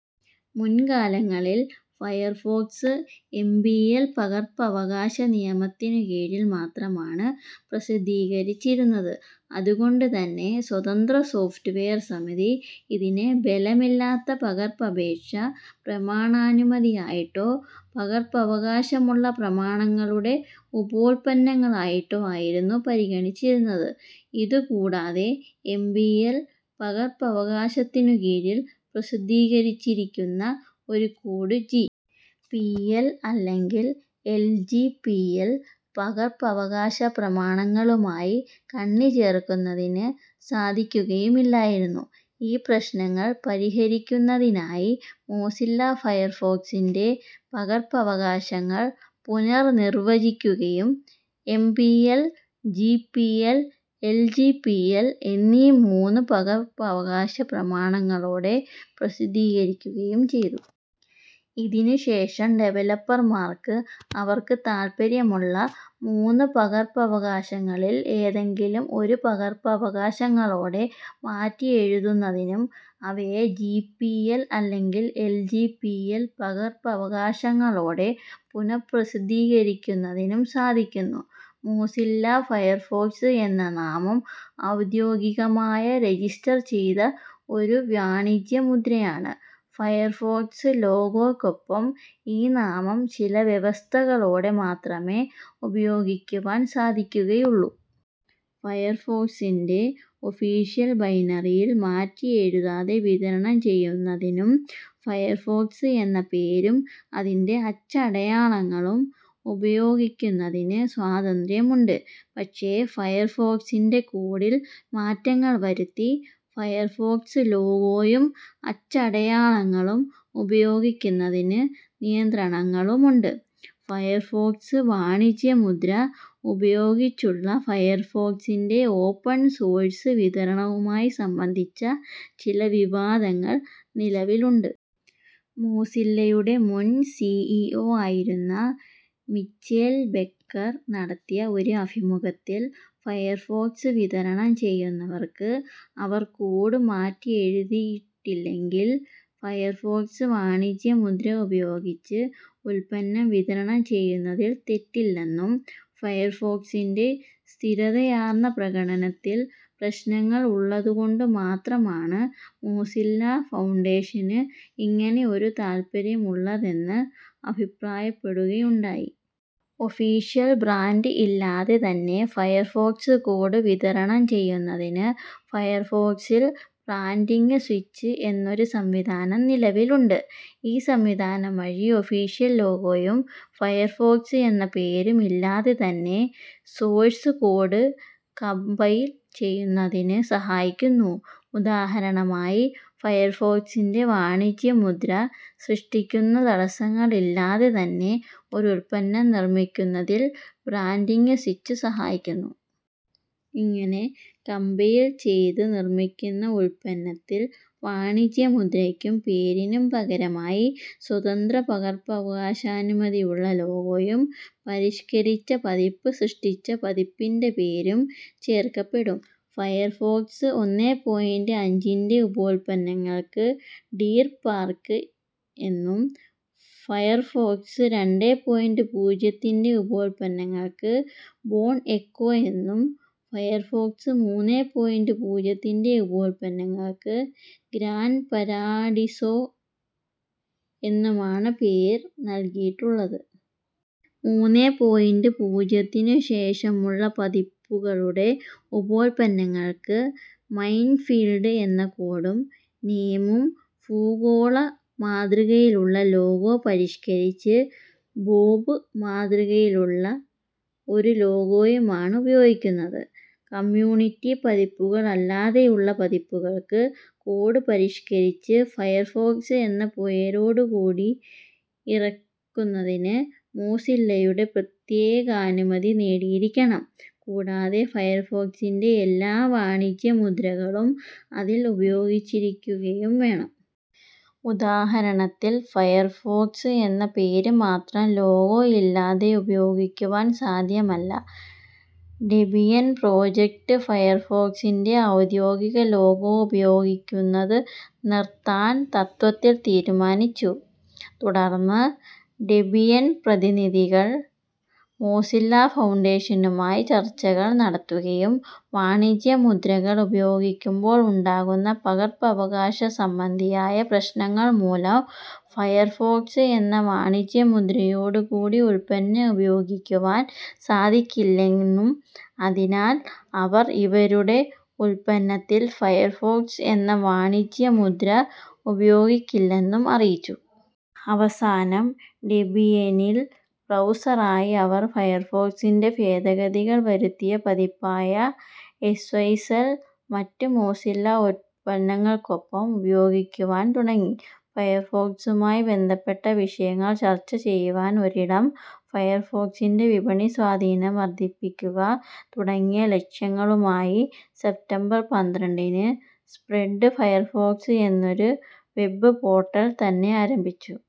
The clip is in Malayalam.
മുൻകാലങ്ങളിൽ, ഫയർഫോക്സ് എം. പി. എൽ പകർപ്പവകാശ നിയമത്തിനു കീഴിൽ മാത്രമാണു പ്രസിദ്ധീകരിച്ചിരുന്നത് അതുകൊണ്ടു തന്നെ സ്വതന്ത്രസോഫ്റ്റ് വെയർ സമിതി ഇതിനെ ബലമില്ലാത്ത പകർപ്പപേക്ഷ പ്രമാണാനുമതിയായിട്ടോ, പകർപ്പവകാശമുള്ള പ്രമാണങ്ങളുടെ ഉപോല്പന്നങ്ങളായിട്ടോ ആയിരുന്നു പരിഗണിച്ചിരുന്നത്. ഇതുകൂടാതെ, എം. പി. എൽ. പകർപ്പവകാശത്തിനു കീഴിൽ പ്രസിദ്ധീകരിച്ചിരിക്കുന്ന ഒരു കോഡ് ജി. പി. എൽ അല്ലെങ്കിൽ എൽ. ജി. പി. എൽ. പകർപ്പവകാശപ്രമാണങ്ങളുമായി കണ്ണിചേർക്കുന്നതിന് സാധിക്കുകയുമില്ലായിരുന്നു. ഈ പ്രശ്നങ്ങൾ പരിഹരിക്കുന്നതിനായി മോസില്ല ഫയർഫോക്സിൻ്റെ പകർപ്പവകാശങ്ങൾ പുനർ നിർവ്വചിക്കുകയും, M. P. L., G. P. L., L. G. P. L എന്നീ മൂന്നു പകർപ്പവകാശ പ്രമാണങ്ങളോടെ പ്രസിദ്ധീകരിക്കുകയും ചെയ്തു. ഇതിനുശേഷം ഡെവലപ്പർമാർക്ക് അവർക്കു താല്പര്യമുള്ള, മൂന്ന് പകർപ്പവകാശങ്ങളിൽ ഏതെങ്കിലും ഒരു, പകർപ്പവകാശങ്ങളൊടെ മാറ്റിയെഴുതുന്നതിനും അവയെ ജി. പി. എൽ അല്ലെങ്കിൽ എൽ. ജി. പി. എൽ. പകർപ്പവകാശങ്ങളോടെ പുനപ്രസിദ്ധീകരിക്കുന്നതിനും സാധിക്കുന്നു. മോസില്ല ഫയർഫോക്സ് എന്ന നാമം ഔദ്യോഗികമായ രജിസ്റ്റർ ചെയ്ത ഒരു വാണിജ്യ മുദ്രയാണ്. ഫയർഫോക്സ് ലോഗോക്കൊപ്പം ഈ നാമം ചില വ്യവസ്ഥകളോടെ മാത്രമേ ഉപയോഗിക്കുവാൻ സാധിക്കുകയുള്ളൂ. ഫയർഫോക്സിൻ്റെ ഒഫീഷ്യൽ ബൈനറികൾ മാറ്റിയെഴുതാതെ വിതരണം ചെയ്യുന്നതിനും ഫയർഫോക്സ് എന്ന പേരും, അതിൻ്റെ അച്ചടയാളങ്ങളും ഉപയോഗിക്കുന്നതിന് സ്വാതന്ത്ര്യമുണ്ട്. പക്ഷേ ഫയർഫോക്സിൻ്റെ കോഡിൽ മാറ്റങ്ങൾ വരുത്തി ഫയർഫോക്സ് ലോഗോയും, അച്ചടയാളങ്ങളും ഉപയോഗിക്കുന്നതിനു നിയന്ത്രണങ്ങളുമുണ്ട്. ഫയർഫോക്സ് വാണിജ്യമുദ്ര ഉപയോഗിച്ചുള്ള ഫയർഫോക്സിൻ്റെ ഓപ്പൺ സോഴ്സ് വിതരണവുമായി സംബന്ധിച്ച ചില വിവാദങ്ങൾ നിലവിലുണ്ട്. മോസില്ലയുടെ മുൻ സി. ഇ. ഒ ആയിരുന്ന മിച്ചെൽ ബെക്കർ നടത്തിയ ഒരു അഭിമുഖത്തിൽ, ഫയർഫോക്സ് വിതരണം ചെയ്യുന്നവർക്ക് അവർ കോഡ് മാറ്റിയെഴുതിയിട്ടില്ലെങ്കിൽ ഫയഫോക്സ് വാണിജ്യമുദ്ര ഉപയോഗിച്ച് ഉല്പന്നം വിതരണം ചെയ്യുന്നതിൽ തെറ്റില്ലെന്നും, ഫയർഫോക്സിൻ്റെ സ്ഥിരതയാർന്ന പ്രകടനത്തിൽ പ്രശ്നങ്ങൾ ഉള്ളതുകൊണ്ടുമാത്രമാണ് മോസില്ല ഫൗണ്ടേഷനു ഇങ്ങനെ ഒരു താല്പര്യമുള്ളതെന്ന് അഭിപ്രായപ്പെടുകയുണ്ടായി. ഒഫീഷ്യൽ ബ്രാന്റ് ഇല്ലാതെ തന്നെ ഫയർഫോക്സ് കോഡ് വിതരണം ചെയ്യുന്നതിന് ഫയർഫോക്സിൽ ബ്രാന്റിങ്ങ് സ്വിച്ച് എന്നൊരു സംവിധാനം നിലവിലുണ്ട്. ഈ സംവിധാനം വഴി ഒഫീഷ്യൽ ലോഗോയും, ഫയർഫോക്സ് എന്ന പേരും ഇല്ലാതെ തന്നെ സോഴ്സ് കോഡ് കമ്പൈൽ ചെയ്യുന്നതിനു സഹായിക്കുന്നു. ഉദാഹരണമായി, ഫയർഫോക്സിൻ്റെ വാണിജ്യമുദ്ര സൃഷ്ടിക്കുന്ന തടസ്സങ്ങൾ ഇല്ലാതെ തന്നെ ഒരു ഉല്പന്നം നിർമ്മിക്കുന്നതിൻ ബ്രാന്റിങ്ങ് സ്വിച്ച് സഹായിക്കുന്നു. ഇങ്ങനെ കമ്പൈൽ ചെയ്ത് നിർമ്മിക്കുന്ന ഉല്പന്നത്തിൽ വാണിജ്യമുദ്രക്കും, പേരിനും പകരമായി സ്വതന്ത്ര പകർപ്പവകാശാനുമതിയുള്ള ലോഗോയും, പരിഷ്കരിച്ച പതിപ്പ് സൃഷ്ടിച്ച പതിപ്പിൻ്റെ പേരും ചേർക്കപ്പെടും. ഫയർഫോക്സ് ഒന്നേ പോയിന്റ് അഞ്ചിൻ്റെ ഉപോല്പന്നങ്ങൾക്ക് ഡീർ പാർക്ക് എന്നും ഫയർഫോക്സ് രണ്ടേ പോയിന്റ് പൂജ്യത്തിൻ്റെ ഉപ ഉല്പന്നങ്ങൾക്ക് ബോൺ എക്കോ എന്നും, ഫയർഫോക്സ് മൂന്നേ പോയിന്റ് പൂജ്യത്തിൻ്റെ ഉപോല്പന്നങ്ങൾക്ക് ഗ്രാൻ പരാഡിസോ എന്നുമാണു പേർ നൽകിയിട്ടുള്ളത്. മൂന്നേ പോയിന്റ് പൂജ്യത്തിനു ശേഷമുള്ള പതിപ്പുകളുടെ ഉപോല്പന്നങ്ങൾക്ക് മൈൻഫീൽഡ് എന്ന കോഡ് നേമും ഭൂഗോളമാതൃകയിലുള്ള ലോഗോ പരിഷ്കരിച്ച് ബോബ് മാതൃകയിലുള്ള ഒരു ലോഗോയുമാണ് ഉപയോഗിക്കുന്നത്. കമ്യൂണിറ്റി പതിപ്പുകൾ അല്ലാതെയുള്ള പതിപ്പുകൾക്ക്, കോഡ് പരിഷരിച്ച് ഫയർഫോക്സ് എന്ന പേരോടുകൂടി ഇറക്കുന്നതിന് മോസില്ലയുടെ പ്രത്യേകാനുമതി നേടിയിരിക്കണം. കൂടാതെ ഫയർഫോക്സിൻ്റെ എല്ലാ വാണിജ്യമുദ്രകളും അതിൽ ഉപയോഗിച്ചിരിക്കുകയും വേണം. ഉദാഹരണത്തിൽ ഫയർഫോക്സ് എന്ന പേര് മാത്രം ലോഗോ ഇല്ലാതെ ഉപയോഗിക്കുവാൻ സാദ്ധ്യമല്ല. ഡെബിയൻ പ്രൊജക്റ്റ് ഫയർഫോക്സിൻ്റെ ഔദ്യോഗിക ലോഗോ ഉപയോഗിക്കുന്നത് നിർത്താൻ തത്ത്വത്തിൽ തീരുമാനിച്ചു. തുടർന്ന് ഡെബിയൻ പ്രതിനിധികൾ മോസില്ല ഫൗണ്ടേഷനുമായി ചർച്ചകൾ നടത്തുകയും, വാണിജ്യമുദ്രകൾ ഉപയോഗിക്കുമ്പോൾ ഉണ്ടാകുന്ന പകർപ്പവകാശ സംബന്ധിയായ പ്രശ്നങ്ങൾ മൂലം ഫയർഫോക്സ് എന്ന വാണിജ്യമുദ്രയോടു കൂടി ഉല്പന്നം ഉപയോഗിക്കുവാൻ സാധിക്കില്ലെന്നും അതിനാൽ അവർ അവരുടെ ഉല്പന്നത്തിൽ ഫയർഫോക്സ് എന്ന വാണിജ്യമുദ്ര ഉപയോഗിക്കില്ലെന്നും അറിയിച്ചു. അവസാനം, ഡെബിയനിൽ ബ്രൗസറായി അവർ ഫയർഫോക്സിൻ്റെ ഭേദഗതികൾ വരുത്തിയ പതിപ്പായ ഐസ്വെസ്സൽ മറ്റു മോസില്ല ഉല്പന്നങ്ങൾക്കൊപ്പം ഉപയോഗിക്കുവാൻ തുടങ്ങി. ഫയർഫോക്സുമായി ബന്ധപ്പെട്ട വിഷയങ്ങൾ ചർച്ച ചെയ്യുവാൻ ഒരിടം, ഫയർഫോക്സിൻ്റെ വിപണി സ്വാധീനം വർദ്ധിപ്പിക്കുക തുടങ്ങിയ ലക്ഷ്യങ്ങളുമായി, സെപ്റ്റംബർ പന്ത്രണ്ടിന്, സ്പ്രെഡ് ഫയർഫോക്സ് എന്നൊരു വെബ്ബ് പോർട്ടൽ തന്നെയാരംഭിച്ചു.